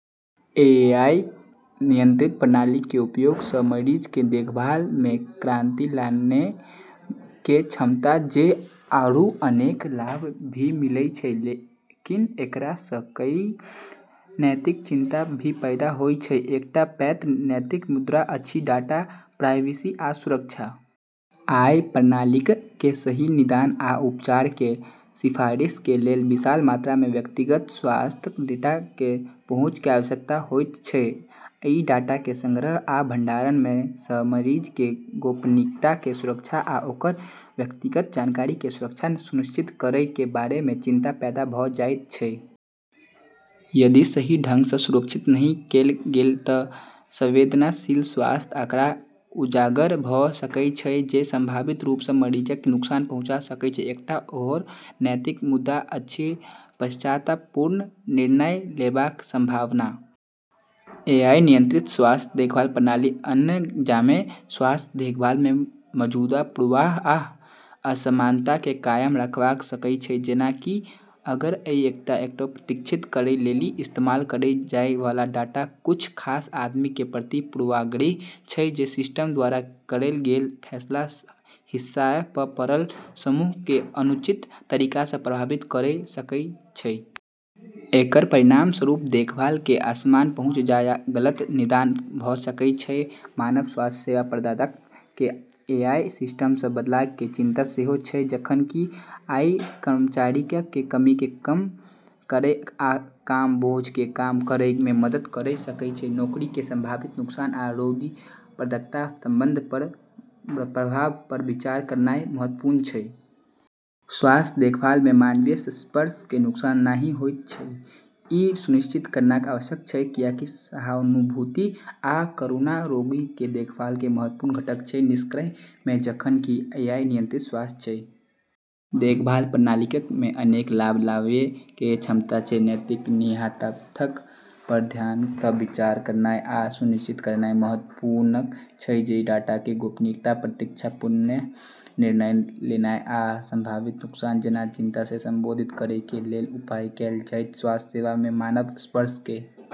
AI नियंत्रित प्रणाली के उपयोग स मरीज के देखभाल मे क्रांति लानै के क्षमता छै आरू अनेक लाभ भी मिलै छै, लेकिन एकरा स कई नैतिक चिंता भी पैदा होय छै। एकटा पैघ नैतिक मुद्दा अछि डाटा प्राइवेसी आ सुरक्षा। एआई प्रणालीक के सही निदान आ उपचार के सिफारिशक के लेल विशाल मात्रा मे व्यक्तिगत स्वास्थ्य डेटा के पहुंच के आवश्यकता होयत छै। अइ डाटा के संग्रहण आ भंडारण सं मरीजक के गोपनीयता के सुरक्षा आ ओकर व्यक्तिगत जानकारी के सुरक्षा सुनिश्चित करय के बारे मे चिंता पैदा भ जायत छै। यदि सही ढंग सं सुरक्षित नहि कैल गेलय त संवेदनशील स्वास्थ्य आंकड़ा उजागर भ सकय छै, जे संभावित रूप सं मरीजक के नुकसान पहुंचा सकय छै। एकटा आओर नैतिक मुद्दा अछि पक्षपातपूर्ण निर्णय लेबाक संभावना। एआई नियंत्रित स्वास्थ्य देखभाल प्रणाली अनजाने मे स्वास्थ्य देखभाल मे मौजूदा पूर्वाग्रह आ असमानता के कायम राख सकय छै। जेना कि अगर एआई एल्गोरिदम क प्रशिक्षित करै लेली इस्तेमाल करल जाय वाला डाटा कुछ खास आबादी के प्रति पूर्वाग्रही छै, त सिस्टम द्वारा करल गेल फैसला हाशिया प पड़ल समूह क अनुचित तरीका स प्रभावित करी सकै छै। एकर परिणामस्वरूप देखभाल के असमान पहुंच या गलत निदान भ सकएय छै। मानव स्वास्थ्य सेवा प्रदाताक के एआई सिस्टम सं बदलय के चिंता सेहो छै। जखन कि एआई कर्मचारीक के कमी के कम करय आ काम के बोझ के कम करय मे मदद कयर सकय छै, नौकरी के संभावित नुकसान आ रोगी-प्रदाता संबंधक पर प्रभाव पर विचार करनाय महत्वपूर्ण छै। स्वास्थ्य देखभाल मे मानवीय स्पर्श के नुकसान नहि होयत छै, इ सुनिश्चित करनाय आवश्यक छै, कियाकि सहानुभूति आ करुणा रोगी के देखभाल के महत्वपूर्ण घटक छै। निष्कर्ष मे, जखन कि एआई नियंत्रित स्वास्थ्य देखभाल प्रणालीक मे अनेक लाभ लावय के क्षमता छै, नैतिक निहितार्थक पर ध्यान सं विचार करनाय आ इ सुनिश्चित करनाय महत्वपूर्ण छै की डाटा गोपनीयता, पक्षपातपूर्ण निर्णय लेनाय, आ संभावित नुकसान जैना चिंता के संबोधित करय के लेल उपाय कैल जायत छै स्वास्थ्य सेवा में मानव स्पर्श के।